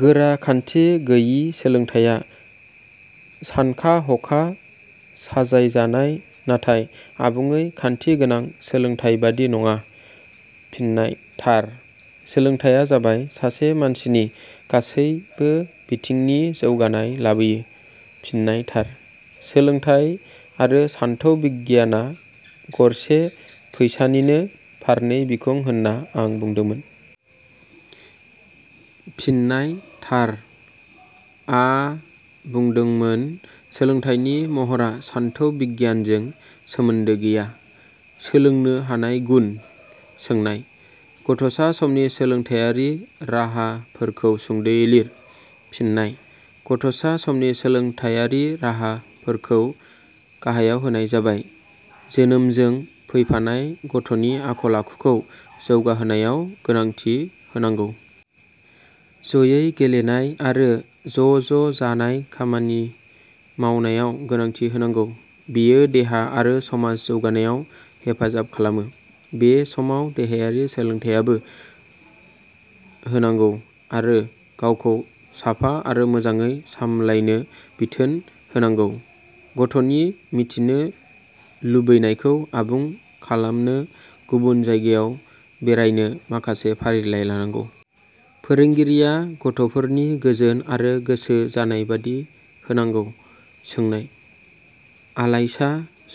गोरा खान्थि गैयि सोलोंथाइया सानखा-हखा साजायजानाय नाथाय आबुङै खान्थि गोनां सोलोंथाइ बादि नङा। फिननाय: थार।. सोलोंथाइया जाबाय सासे मानसिनि गासैबो बिथिंनि जौगानाय लाबोयो। फिननाय: थार।. सोलोंथाइ आरो सानथौ बिगियाना गरसे फैसानिनो फारनै बिखुं होन्ना आ बुंदोंमोन। फिननाय: थार।. आ बुंदोंमोन सोलोंथाइनि महरा सान्थौ बिगियानजों सोमोन्दो गैया। सोंलोंनो हानाय गुन। सोंनाय-.गथ'सा समनि सोलोंथाइयारि राहाफोरखौ सुंद'यै लिर। फिननाय:गथ'सा समनि सोलोंथाइयारि राहाफोरखौ गाहायाव होनाय जाबाय- जोनोमजों फैफानाय गथ'नि आखल-आखुखौ जौगाहोनायाव गोनांथि होनांगौ। ज'यै गेलेनाय आरो ज'ज'जानाय खामानि मावनायाव गोनांथि होनांगौ। बेयो देहा आरो समाज जौगानायाव हेफाजाब खालामो। बे समाव देहायारि सोलोंथाइबो होनांगौ आरो गावखौ साफा आरो मोजाङै सामलायनो बिथोन होनांगौ। गथ'नि मिथिनो लुबैनायखौ आबुं खालामनो गुबुन जायगायाव बेरायनो माखासे फारिलाइ लानांगौ। फोरोंगिरिया गथ'फोरनि गोजोन आरो गोसो जानाय बादि होनांगौ। सोंनाय-.आलाइसा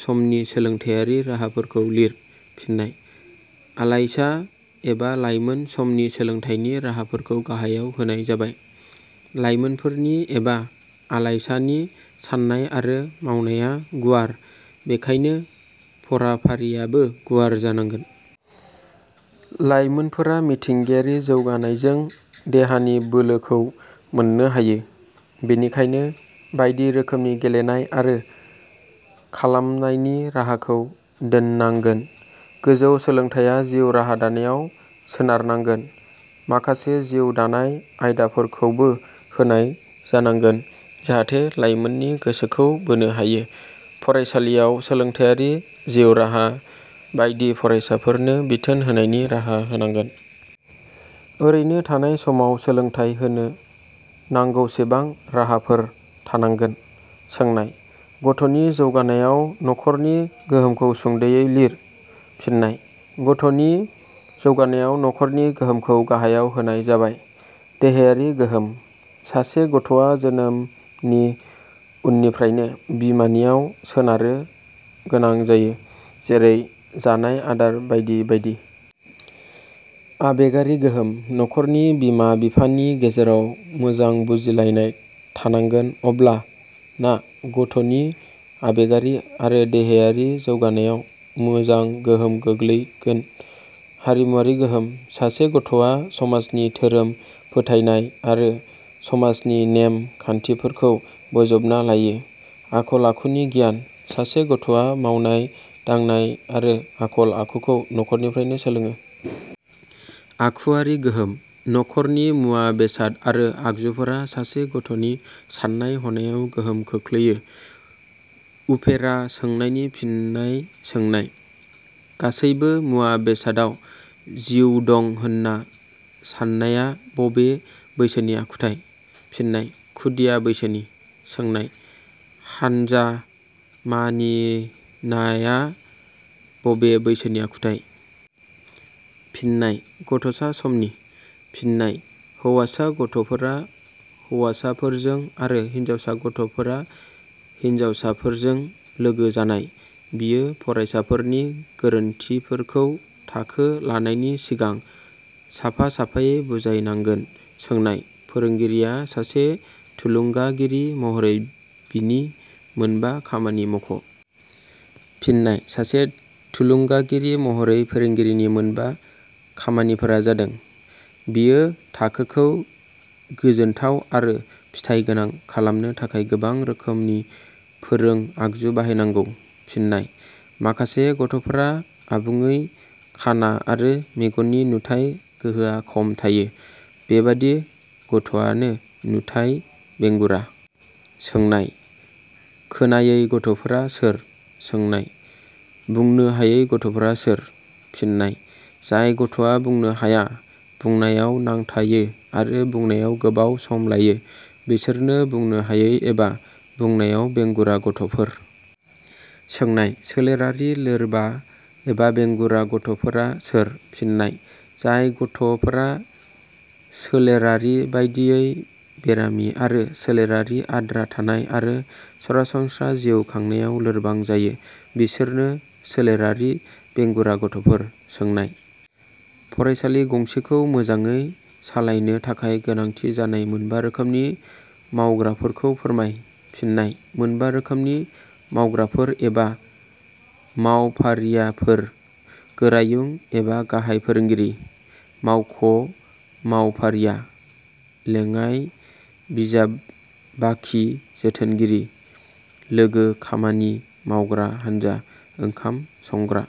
समनि सोलोंथाइयारि राहाफोरखौ लिर। फिननाय:आलाइसा एबा लाइमोन समनि सोलोंथाइनि राहाफोरखौ गाहायाव होनाय जाबाय- लाइमोनफोरनि एबा आलाइसानि साननाय आरो मावनाया गुवार बेखायनो फराफारियाबो गुवार जानांगोन। लाइमोनफोरा मिथिंगायारि जौगानायजों देहानि बोलोखौ मोननो हायो। बेनिखायनो बायदि रोखोमनि गेलेनाय आरो खालामनायनि राहाखौ दोननांगोन। गोजौ सोलोंथाइया जिउ राहा दानायाव सोनारनांगोन। माखासे जिउ दानाय आयदाफोरखौबो होनाय जानांगोन जाहाथे लाइमोननि गोसोखौ बोनो हायो। फरायसालियाव सोलोंथाइयारि, जिउ राहा बायदि फरायसाफोरनो बिथोन होनायनि राहा होनांगोन। ओरैनो थानाय समाव सोलोंथाइ होनो नांगौसेबां राहाफोर थानांगोन। सोंनाय-.गथ'नि जौगानायाव न'खरनि गोहोमखौ सुंद'यै लिर। फिननाय:गथ'नि जौगानायाव न'खरनि गोहोमखौ गाहायाव होनाय जाबाय- देहायारि गोहोम: सासे गथ'आ जोनोमनि उननिफ्रायनो बिमानियाव सोनारनो गोनां जायो। जेरै-जानाय आदार बायदि बायदि। आबेगारि गोहोम: न'खरनि बिमा-बिफानि गेजेराव मोजां बुजिलायनाय थानांगोन अब्लाना गथ'नि आबेगारि आरो देहायारि जौगानायाव मोजां गोहोम गोग्लैगोन। हारिमुवारि गोहोम: सासे गथ'आ समाजनि धोरोम फोथायनाय आरो समाजनि नेम खान्थिफोरखौ बजबना लायो। आखल-आखुनि गियान: सासे गथ'आ मावनाय दांनाय आरो आखल-आखुखौ न'खरनिफ्रायनो सोलोंङो। आखुवारि गोहोम: न'खरनि मुवा बेसाद आरो आगजुफोरा सासे गथ'नि साननाय हनायाव गोहोम खोख्लैयो। उफेरा सोंनायनि फिननाय सोंनाय-. गासैबो मुवा-बेसदाव जिउ दङ' होन्ना सान्नाया बबे बैसोनि आखुथाइ? फिननाय: खुदिया बैसोनि। सोंनाय-. हानजा मानिनाया बबे बैसोनि आखुथाइ? फिननाय: गथ'सा समनि। फिननाय: हैवासा गथ'फोरा हौवासाफोरजों आरो हिनजावसा गथ 'फोर हिनजावसाफोरजों लोगो जानाय। बियो फ़रायसाफोरनि गोरोन्थिफोरखौ थाखो लानायनि सिगां साफा साफायै बुजायनांगोन। सोंनाय-. फोरोंगिरिया सासे थुलुंगागिरि महरै बिनि मोनबा खामानि मख'। फिन्नाय: सासे थुलुंगागिरि महरै फोरोंगिरिनि मोनबा खामानिफोरा जादों –। बियो थाखोखौ गोजोनथाव आरो फिथाइ गोनां खालामनो थाखाय गोबां रोखोमनि फोरों-आगजु बाहायनांगौ। फिन्नाय: माखासे गथ'फोरा आबुङै खाना आरो मेगननि नुथाइ गोहोआ खम थायो बेबादि गथ'आनो नुथाइ बेंगुरा। सोंनाय –. खोनायै गथ 'फोरा सोर? सोंनाय –. बुंनो हायै गथ फोरा सोर? फिन्नाय: जाय गथ'आ बुंनो हाया, बुंनायाव नांथायो आरो बुंनायाव गोबाव सम लायो बिसोरनो बुंनो हायै एबा बुंनायाव बेंगुरा गथ 'फोर। सोंनाय –. सोलेरारि लोरबा एबा बेंगुरा गथ 'फोरा सोर? फिन्नाय: जाय गथ 'फोरा सोलेरारिबादियै बेरामि आरो सोलेरारि आद्रा थानाय आरो सरासनस्रा जिउ खांनायाव लोरबां जायो बिसोरनो सोलेरारि बेंगुरा गथ 'फोर। सोंनाय –. फरायसालि गंसेखौ मोजाङै सालायनो थाखाय गोनांथि जानाय मोनबा रोखोमनि मावग्राफोरखौ फोरमाय। फिन्नाय: मोनबा रोखोमनि मावग्राफोर एबा मावफारियाफोर- गोरायुं एबा गाहाय फोरोंगिरि। मावख' मावफारिया। लेडाइ बिजाब बाखि जोथोनगिरि। लोगो खामानि मावग्रा हानजा। ओंखाम संग्रा।